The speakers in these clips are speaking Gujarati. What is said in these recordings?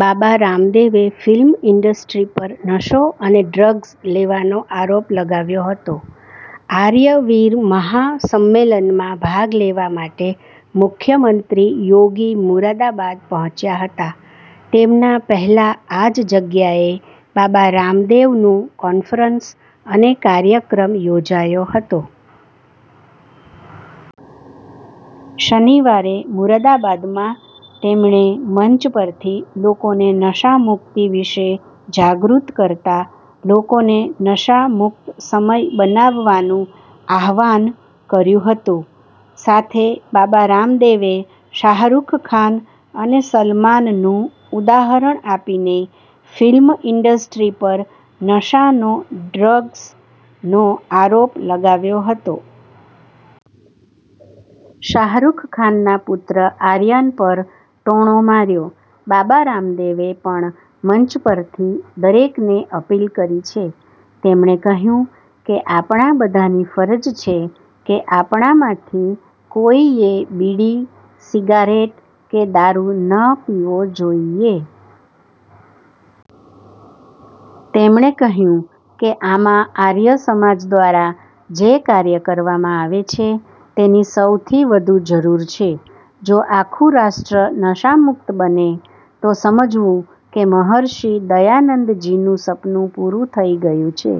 બાબા રામદેવે ફિલ્મ ઈન્ડસ્ટ્રી પર નશો અને ડ્રગ્સ લેવાનો આરોપ લગાવ્યો હતો. આર્ય વીર મહા સંમેલનમાં ભાગ લેવા માટે મુખ્યમંત્રી યોગી મુરાદાબાદ પહોંચ્યા હતા. તેમના પહેલા આ જ જગ્યાએ બાબા રામદેવનું કોન્ફરન્સ અને કાર્યક્રમ યોજાયો હતો. શનિવારે મુરાદાબાદમાં તેમણે મંચ પરથી લોકોને નશા મુક્તિ વિશે જાગૃત કરતા લોકોને નશા મુક્ત સમય બનાવવાનું આહ્વાન કર્યું હતું. સાથે બાબા રામદેવે શાહરૂખ ખાન અને સલમાનનું ઉદાહરણ આપીને ફિલ્મ ઈન્ડસ્ટ્રી પર નશાનો અને ડ્રગ્સનો આરોપ લગાવ્યો હતો. શાહરૂખ ખાનના પુત્ર આર્યન પર ટોણો માર્યો. બાબા રામદેવે પણ મંચ પરથી દરેકને અપીલ કરી છે. તેમણે કહ્યું કે આપણા બધાની ફરજ છે કે આપણામાંથી કોઈએ બીડી, સિગારેટ કે દારૂ ન પીવો જોઈએ. તેમણે કહ્યું કે આમાં આર્ય સમાજ દ્વારા જે કાર્ય કરવામાં આવે છે તેની સૌથી વધુ જરૂર છે. જો આખું રાષ્ટ્ર નશામુક્ત બને તો સમજવું કે મહર્ષિ દયાનંદજીનું સપનું પૂરું થઈ ગયું છે,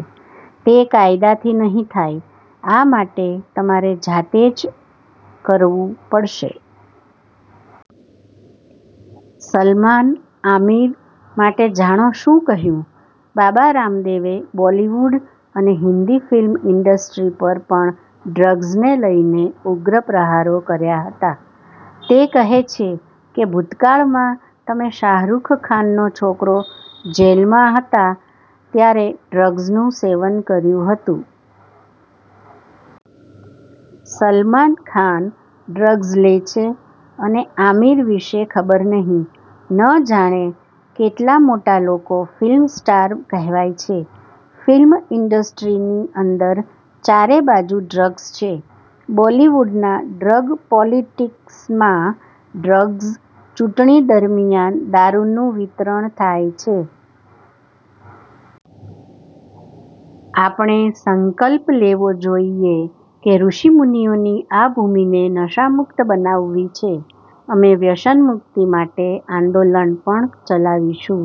તે કાયદાથી નહીં થાય, આ માટે તમારે જાતે જ કરવું પડશે. સલમાન-આમિર માટે જાણો શું કહ્યું? બાબા રામદેવે બોલિવૂડ અને હિન્દી ફિલ્મ ઈન્ડસ્ટ્રી પર પણ ડ્રગ્સને લઈને ઉગ્ર પ્રહારો કર્યા હતા. તે કહે છે કે ભૂતકાળમાં તમે શાહરૂખ ખાનનો છોકરો જેલમાં હતા ત્યારે ડ્રગ્સનું સેવન કર્યું હતું. સલમાન ખાન ડ્રગ્સ લે છે અને આમિર વિષે ખબર નહી. ન જાણે કેટલા મોટા લોકો ફિલ્મ સ્ટાર કહેવાય છે. ફિલ્મ ઈન્ડસ્ટ્રીની અંદર ચારેબાજુ ડ્રગ્સ છે. બોલિવૂડના ડ્રગ પોલિટિક્સમાં ડ્રગ્સ, ચૂંટણી દરમિયાન દારૂનું વિતરણ થાય છે. આપણે સંકલ્પ લેવો જોઈએ કે ઋષિમુનિઓની આ ભૂમિને નશામુક્ત બનાવવી છે. અમે વ્યસનમુક્તિ માટે આંદોલન પણ ચલાવીશું.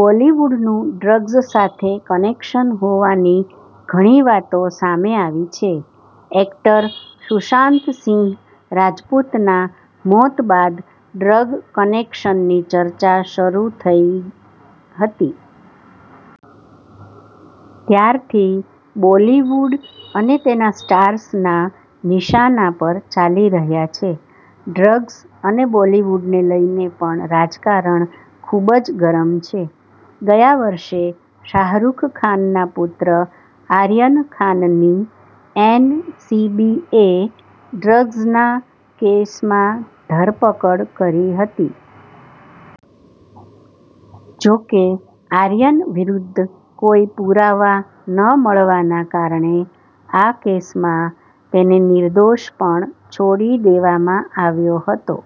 બોલિવૂડનું ડ્રગ્સ સાથે કનેક્શન હોવાની ઘણી વાતો સામે આવી છે. એક્ટર સુશાંત સિંહ રાજપૂતના મોત બાદ ડ્રગ કનેક્શનની ચર્ચા શરૂ થઈ હતી. ત્યારથી બોલીવુડ અને તેના સ્ટાર્સ ના નિશાના પર ચાલી રહ્યા છે. ડ્રગ્સ અને બોલિવૂડને લઈને પણ રાજકારણ ખૂબ જ ગરમ છે. ગયા વર્ષે શાહરૂખ ખાનના પુત્ર આર્યન ખાનની એન સીબીએ ડ્રગ્સના કેસમાં ધરપકડ કરી હતી. જોકે, આર્યન વિરુદ્ધ કોઈ પુરાવા ન મળવાના કારણે આ કેસમાં તેને નિર્દોષ પણ છોડી દેવામાં આવ્યો હતો.